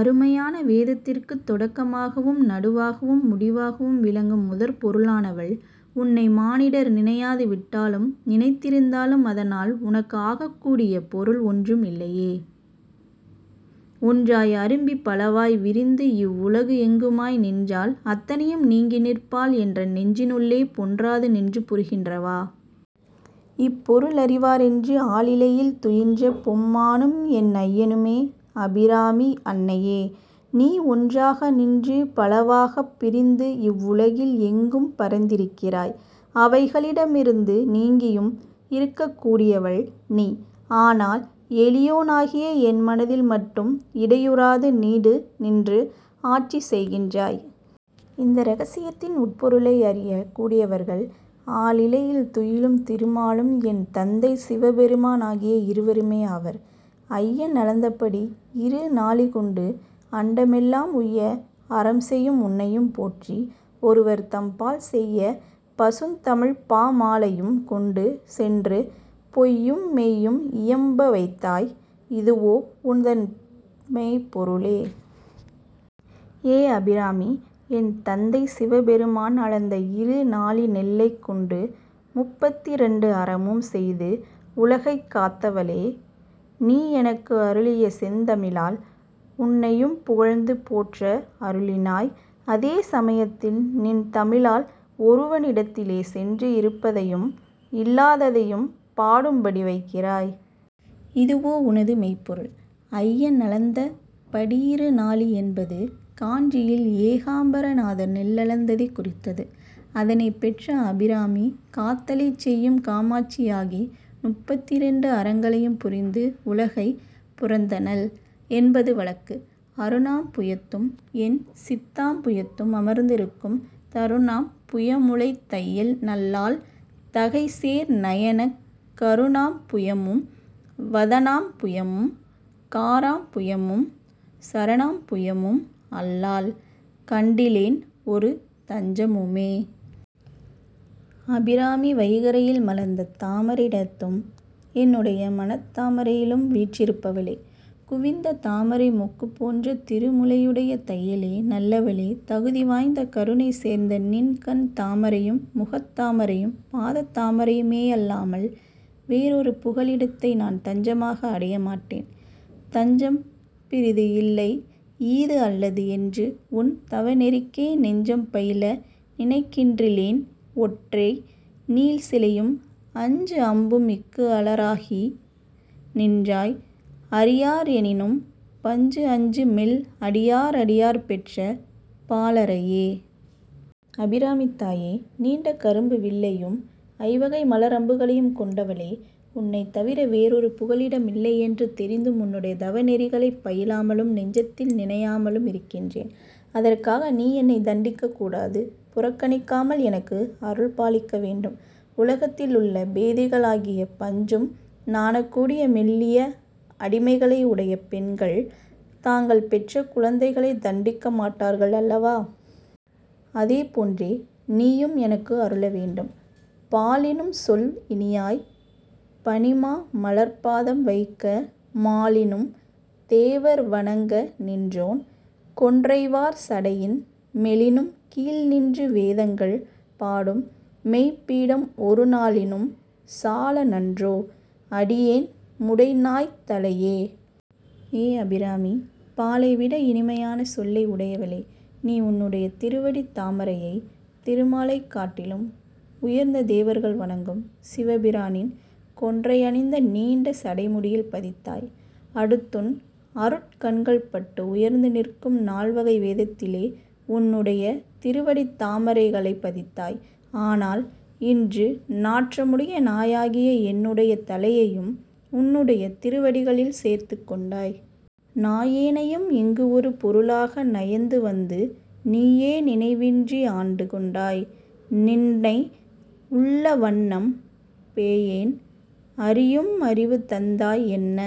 அருமையான வேதத்திற்கு தொடக்கமாகவும் நடுவாகவும் முடிவாகவும் விளங்கும் முதற் பொருளானவள்! உன்னை மானிடர் நினையாது விட்டாலும், நினைத்திருந்தாலும் அதனால் உனக்கு ஆகக்கூடிய பொருள் ஒன்றும் இல்லையே! ஒன்றாய் அரும்பி பலவாய் விரிந்து இவ் உலகு எங்குமாய் நின்றாள் அனைத்தையும் நீங்கி நிற்பாள் என்றன் நெஞ்சினுள்ளே பொன்றாது நின்று புரிகின்றவா. இப் பொருள் அறிவார் அன்று ஆலிலையில் துயின்ற பெம்மானும் என் ஐயனுமே. அபிராமி அன்னையே! நீ ஒன்றாக நின்று பலவாகப் பிரிந்து இவ்வுலகில் எங்கும் பரந்திருக்கின்றாய். அவைகளிடத்திலிருந்து நீங்கியும், இருக்கக் கூடியவள் நீ! ஆனால், எளியோனாகிய என் மனத்தில் மட்டும் இடையுறாது நீடு நின்று ஆட்சி செய்கின்றாய். இந்த இரகசியத்தின் உட்பொருளை அறியக் கூடியவர்கள் ஆலிலையில் துயிலும் திருமாலும் என் தந்தை சிவபெருமான் ஆகிய இருவருமே ஆவர். ஐயன் அளந்தபடி இரு நாழி கொண்டு அண்டம் எல்லாம் உய்ய அறம் செயும் உன்னையும் போற்றி ஒருவர் தம்பால் செய்ய பசுந்தமிழ்ப்பாமாலையும் கொண்டு சென்று பொய்யும் மெய்யும் இயம்பவைத்தாய் இதுவோ உன்தன் மெய்யருளே? ஏ அபிராமி! என் தந்தை சிவபெருமான் அளந்த இரு நாழி நெல்லைக் கொண்டு முப்பத்திரண்டு அறமும் செய்து உலகத்தைக் காத்தவளே! நீ எனக்கு அருளிய செந்தமிழால் உன்னையும் புகழ்ந்து போற்ற அருளினாய்! அதே சமயத்தில் நின் தமிழால் ஒருவனிடத்திலே சென்று இருப்பதையும் இல்லாததையும் பாடும்படி வைக்கிறாய்! இதுவோ உனது மெய்யருள்?. ஐயன் அளந்த படியிருநாழி என்பது காஞ்சியில் ஏகாம்பரநாதர் நெல்லளந்ததைக் குறித்தது. அதனைப் பெற்ற அபிராமி காத்தலைச் செய்யும் காமாட்சியாகி முப்பத்திரெண்டு அறங்களையும் புரிந்து உலகைப் புரந்தனள் என்பது வழக்கு. அருணாம்புயத்தும் என் சித்தாம்புயத்தும் அமர்ந்திருக்கும் தருணாம்புயமுலைத் தையல் நல்லாள் தகை சேர் நயனக் கருணாம்புயமும் வதனாம்புயமும் கராம்புயமும் சரணாம்புயமும் அல்லால் கண்டிலேன் ஒரு தஞ்சமுமே. அபிராமி! வைகறையில் மலர்ந்த தாமரையினிடத்தும் என்னுடைய மனத்தாமரையிலும் வீற்றிருப்பவளே! குவிந்த தாமரை மொக்குப் போன்ற திருமுலையுடைய தையலே! நல்லவளே! தகுதி வாய்ந்த கருணை சேர்ந்த நின் கண் தாமரையும், முகத்தாமரையும், பாதத் தாமரையுமேயல்லாமல் வேறொரு புகலிடத்தை நான் தஞ்சமாக அடைய மாட்டேன். தஞ்சம் பிறிது இல்லை ஈது அல்லது என்று உன் தவநெறிக்கே நெஞ்சம் பயில நினைக்கின்றிலேன் ஒற்றை நீள்சிலையும் அஞ்சு அம்பும் இக்கு அலராகி நின்றாய் அறியார் எனினும் பஞ்சு அஞ்சு மெல் அடியார் அடியார் பெற்ற பாலரையே. அபிராமித் தாயே! நீண்ட கரும்பு வில்லையும் ஐவகை மலர் அம்புகளையும் கொண்டவளே! உன்னைத் தவிர வேறொரு புகலிடம் இல்லையென்று தெரிந்தும் உன்னுடைய தவநெறிகளைப் பயிலாமலும் நெஞ்சத்தில் நினையாமலும் இருக்கின்றேன். அதற்காக நீ என்னைத் தண்டிக்கக் கூடாது. புறக்கணிக்காமல் எனக்கு அருள் பாலிக்க வேண்டும். உலகத்திலுள்ள பேதைகளாகிய பஞ்சும் நாணக்கூடிய மெல்லிய அடிகளை உடைய பெண்கள் தாங்கள் பெற்ற குழந்தைகளைத் தண்டிக்க மாட்டார்கள் அல்லவா? அதே போன்றே நீயும் எனக்கு அருள வேண்டும். பாலினும் சொல் இனியாய். பனி மா மலர்ப் பாதம் வைக்க மாலினும் தேவர் வணங்க நின்றோன் கொன்றை வார் சடையின் மேலினும் கீழ்நின்று வேதங்கள் பாடும் மெய்ப் பீடம் ஒரு நாலினும் சால நன்றோ அடியேன் முடை நாய்த் தலையே? ஏ அபிராமி! பாலைவிட இனிமையான சொல்லை உடையவளே! நீ உன்னுடைய திருவடித் தாமரையை திருமாலைக் காட்டிலும் உயர்ந்த தேவர்கள் வணங்கும் சிவபிரானின் கொன்றையனிந்த நீண்ட சடைமுடியில் பதித்தாய். அடுத்துன் அருட்கண்கள் பட்டு உயர்ந்து நிற்கும் நால்வகை வேதத்திலே உன்னுடைய திருவடித் தாமரைகளைப் பதித்தாய். ஆனால் இன்று நாற்றமுடைய நாயாகிய என்னுடைய தலையையும் உன்னுடைய திருவடிகளில் சேர்த்துக் கொண்டாய். நாயேனையும் இங்கு ஒரு பொருளாக நயந்து வந்து நீயே நினைவின்றி ஆண்டு கொண்டாய் நின்னை உள்ளவண்ணம் பேயேன் அறியும் அறிவு தந்தாய் என்ன